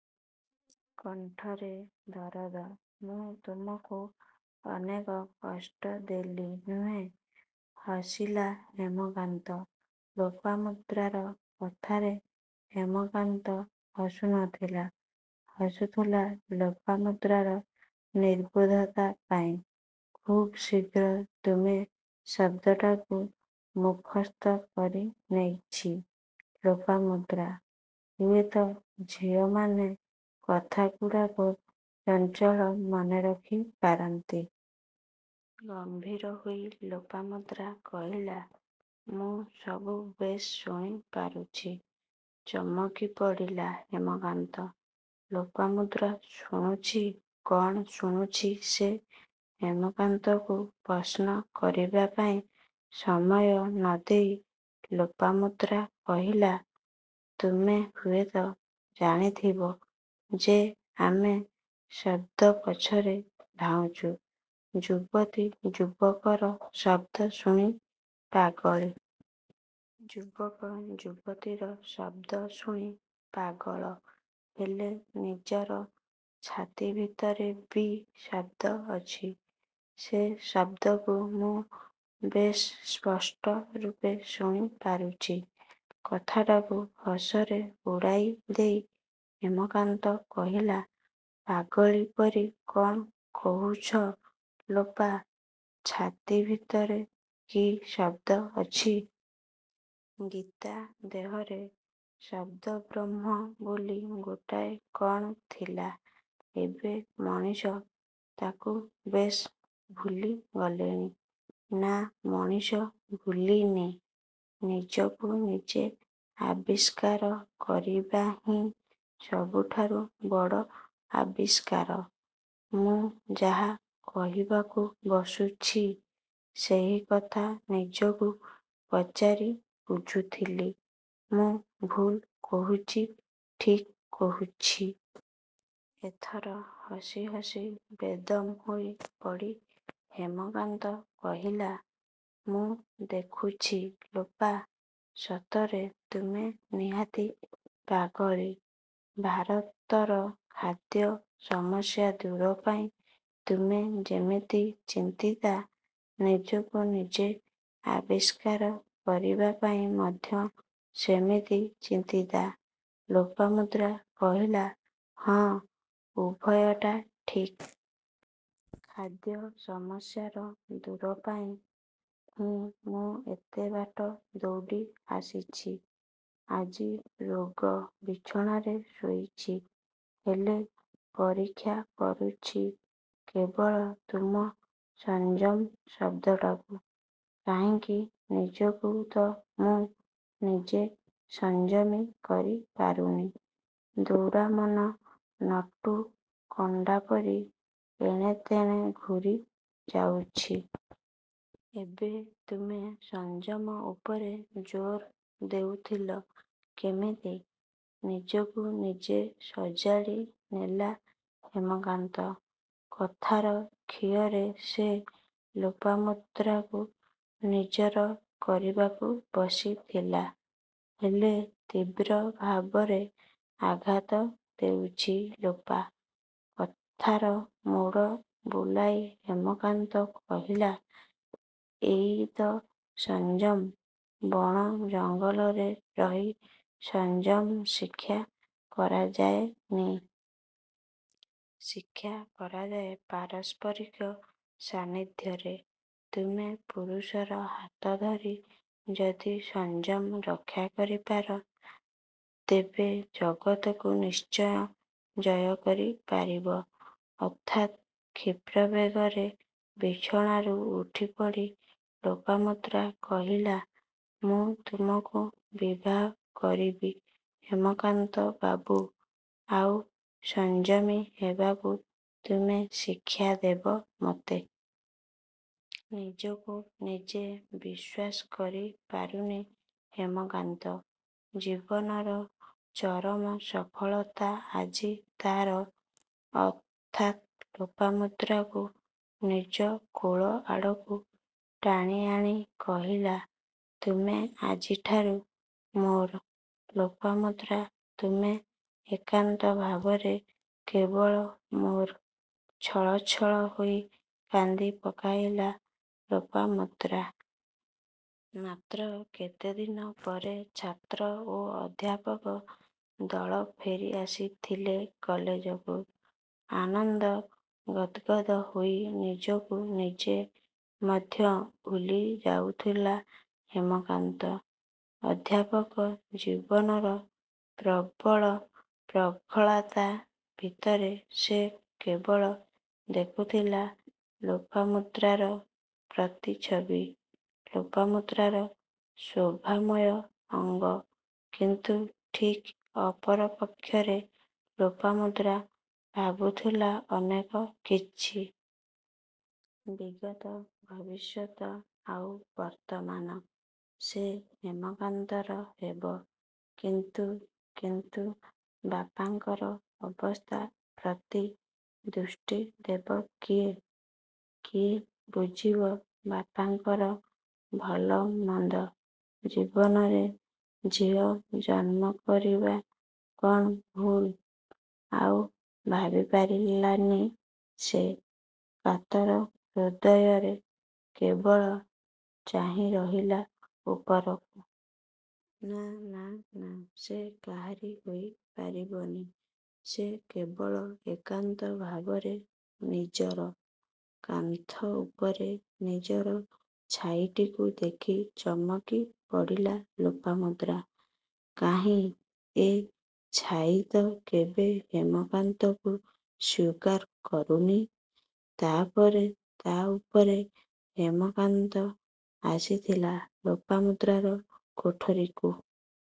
କଣ୍ଠରେ ଦରଦ-''ମୁଁ ତୁମକୁ ଅନେକ କଷ୍ଟ ଦେଲି, ନୁହେଁ? '' ହସିଲା ହେମକାନ୍ତ। ଲୋପାମୁଦ୍ରାର କଥାରେ ହେମକାନ୍ତ ହସୁ ନ ଥିଲା। ହସୁଥିଲା ଲୋପାମୁଦ୍ରାର ନିର୍ବୋଧତା ପାଇଁ। ଖୁବ୍ ଶୀଘ୍ର 'ତୁମେ' ଶବ୍ଦଟାକୁ ମୁଖସ୍ଥ କରି ନେଇଛି ଲୋପାମୁଦ୍ରା-। ହୁଏତ ଝିଅମାନେ କଥାଗୁଡ଼ାକୁ ଚଞ୍ଚଳ ମନେ ରଖି ପାରନ୍ତି। ଗମ୍ଭୀର ହୋଇ ଲୋପାମୁଦ୍ରା କହିଲା-''ମୁଁ ସବୁ ବେଶ୍ ଶୁଣି ପାରୁଛି। '' ଚମକି ପଡ଼ିଲା ହେମକାନ୍ତ। ଲୋପାମୁଦ୍ରା ଶୁଣୁଛି। କ'ଣ ଶୁଣୁଛି ସେ? ହେମକାନ୍ତକୁ ପ୍ରଶ୍ନ କରିବାପାଇଁ ସମୟ ନ ଦେଇ ଲୋପାମୁଦ୍ରା କହିଲା-''ତୁମେ ହୁଏତ ଜାଣିଥିବ ଯେ ଆମେ ଶବ୍ଦ ପଛରେ ଧାଉଁଛୁ। ଯୁବତୀ ଯୁବକର ଶବ୍ଦ ଶୁଣି ପାଗଳୀ। ଯୁବକ ଯୁବତୀର ଶବ୍ଦ ଶୁଣି ପାଗଳ। ହେଲେ ନିଜର ଛାତି ଭିତରେ ବି ଶବ୍ଦ ଅଛି। ସେ ଶବ୍ଦକୁ ମୁଁ ବେଶ୍ ସ୍ପଷ୍ଟ ରୂପେ ଶୁଣି ପାରୁଛି। କଥାଟାକୁ ହସରେ ଉଡ଼ାଇ ଦେଇ ହେମକାନ୍ତ କହିଲା-''ପାଗଳୀ ପରି କ'ଣ କହୁଛ ଲୋପା? ଛାତି ଭିତରେ କି ଶବ୍ଦ ଅଛି? ଗୀତା ଦେହରେ ଶବ୍ଦବ୍ରହ୍ମ ବୋଲି ଗୋଟାଏ କ'ଣ ଥିଲା। ଏବେ ମଣିଷ ତାକୁ ବେଶ୍ ଭୁଲି ଗଲେଣି? '' ''ନାଁ ମଣିଷ ଭୁଲିନି, ନିଜକୁ ନିଜେ ଆବିଷ୍କାର କରିବା ହିଁ ସବୁଠାରୁ ବଡ଼ ଆବିଷ୍କାର। ମୁଁ ଯାହା କହିବାକୁ ବସୁଛି ସେହିକଥା ନିଜକୁ ପଚାରି ବୁଝୁଥିଲି-ମୁଁ ଭୁଲ୍ କହୁଛି ଠିକ୍ କହୁଛି। '' ଏଥର ହସି ହସି ବେଦମ୍ ହୋଇ ପଡ଼ି ହେମକାନ୍ତ କହିଲା-ମୁଁ ଦେଖୁଛି ଲୋପା! ସତରେ ତୁମେ ନିହାତି ପାଗଳୀ। ଭାରତର ଖାଦ୍ୟ ସମସ୍ୟା ଦୂର ପାଇଁ ତୁମେ ଯେମିତି ଚିନ୍ତିତା ନିଜକୁ ନିଜେ ଆବିଷ୍କାର କରିବାପାଇଁ ମଧ୍ୟ ସେମିତି ଚିନ୍ତିତା। ଲୋପାମୁଦ୍ରା କହିଲା-''ହଁ, ଉଭୟଟା ଠିକ୍। ଖାଦ୍ୟ ସମସ୍ୟାର ଦୂର ପାଇଁ ହିଁ ମୁଁ ଏତେ ବାଟ ଦୌଡ଼ି ଆସିଛି। ଆଜି ରୋଗ ବିଛଣାରେ ଶୋଇଛି। ହେଲେ ପରୀକ୍ଷା କରୁଛି କେବଳ ତୁମ ସଂଯମ ଶବ୍ଦଟାକୁ। କାହିଁ? ନିଜକୁ ତ ମୁଁ ନିଜେ ସଂଯମୀ କରି ପାରୁନି? ଦୌଡ଼ାମନ ନଟୁ କଣ୍ଡାପରି ଏଣେ ତେଣେ ଘୂରି ଯାଉଛି। ଏବେ ତୁମେ ସଂଯମ ଉପରେ ଜୋର ଦେଉଥିଲ କେମିତି-? '' ନିଜକୁ ନିଜେ ସଜାଡ଼ି ନେଲା ହେମକାନ୍ତ। କଥାର ଖିଅରେ ସେ ଲୋପାମୁଦ୍ରାକୁ ନିଜର କରିବାକୁ ବସିଥିଲା। ହେଲେ ତୀବ୍ର ଭାବରେ ଆଘାତ ଦେଉଛି ଲୋପା। କଥାର ମୋଡ଼ ବୁଲାଇ ହେମକାନ୍ତ କହିଲା-ଏଇ ତ' ସଂଯମ ବଣ ଜଙ୍ଗଲରେ ରହି ସଂଯମ ଶିକ୍ଷା କରାଯାଏନି। ଶିକ୍ଷା କରାଯାଏ ପାରସ୍ପରିକ ସାନିଧ୍ୟରେ। ତୁମେ ପୁରୁଷର ହାତ ଧରି ଯଦି ସଂଯମ ରକ୍ଷା କରିପାର, ତେବେ ଜଗତକୁ ନିଶ୍ଚୟ ଜୟ କରି ପାରିବ। ହଠାତ୍ କ୍ଷିପ୍ରବେଗରେ ବିଛଣାରୁ ଉଠିପଡ଼ି ଲୋପାମୁଦ୍ରା କହିଲା-ମୁଁ ତୁମକୁ ବିବାହ କରିବି ହେମକାନ୍ତ ବାବୁ। ଆଉ ସଂଯମୀ ହେବାକୁ ତୁମେ ଶିକ୍ଷା ଦେବ ମୋତେ। ନିଜକୁ ନିଜେ ବିଶ୍ୱାସ କରି ପାରୁନି ହେମକାନ୍ତ। ଜୀବନର ଚରମ ସଫଳତା ଆଜି ତା'ର। ହଠାତ୍ ଲୋପାମୁଦ୍ରାକୁ ନିଜ କୋଳ ଆଡ଼କୁ ଟାଣି ଆଣି କହିଲା.. ''ତୁମେ ଆଜିଠାରୁ ମୋର ଲୋପାମୁଦ୍ରା, ତୁମେ ଏକାନ୍ତ ଭାବରେ କେବଳ ମୋର। '' ଛଳଛଳ ହୋଇ କାନ୍ଦି ପକାଇଲା ଲୋପାମୁଦ୍ରା। ମାତ୍ର କେତେଦିନ ପରେ ଛାତ୍ର ଓ ଅଧ୍ୟାପକ ଦଳ ଫେରି ଆସିଥିଲେ କଲେଜକୁ। ଆନନ୍ଦ ଗଦ୍ଗଦ୍ ହୋଇ ନିଜକୁ ନିଜେ ମଧ୍ୟ ଭୁଲିଯାଉଥିଲା ହେମାକାନ୍ତ। ଅଧ୍ୟାପକ ଜୀବନର ପ୍ରବଳ ପ୍ରଗଳ୍ଭତା ଭିତରେ ସେ କେବଳ ଦେଖୁଥିଲା ଲୋପାମୁଦ୍ରାର ପ୍ରତିଛବି। ଲୋପାମୁଦ୍ରାର ଶୋଭାମୟ ଅଙ୍ଗ। କିନ୍ତୁ ଠିକ୍ ଅପର ପକ୍ଷରେ ଲୋପାମୁଦ୍ରା ଭାବୁଥିଲା ଅନେକ କିଛି। ବିଗତ, ଭବିଷ୍ୟତ ଆଉ ବର୍ତ୍ତମାନ। ସେ ହେମକାନ୍ତର ହେବ। କିନ୍ତୁ କିନ୍ତୁ ବାପାଙ୍କର ଅବସ୍ଥା ପ୍ରତି ଦୃଷ୍ଟି ଦେବ କିଏ? କିଏ ବୁଝିବ ବାପାଙ୍କର ଭଲ ମନ୍ଦ? ଜୀବନରେ ଝିଅ ଜନ୍ମ କରିବା କ'ଣ ଭୁଲ୍? ଆଉ ଭାବିପାରିଲା ନି ସେ। କାତର ହୃଦୟରେ କେବଳ ଚାହିଁରହିଲା ଉପରକୁ। ନାଁ.. ନାଁ.. ନାଁ..। ସେ କାହାରି ହୋଇ ପାରିବନି। ସେ କେବଳ ଏକାନ୍ତ ଭାବରେ ନିଜର-। କାନ୍ଥ ଉପରେ ନିଜର ଛାଇଟିକୁ ଦେଖି ଚମକି ପଡ଼ିଲା ଲୋପାମୁଦ୍ରା। କାହିଁ ଏ। ଛାଇ ତ' କେବେ ହେମକାନ୍ତକୁ ସ୍ୱୀକାର କରୁନି। ତା'ପରେ ତା' ପରେ ହେମକାନ୍ତ ଆସିଥିଲା ଲୋପାମୁଦ୍ରାର କୋଠରୀକୁ।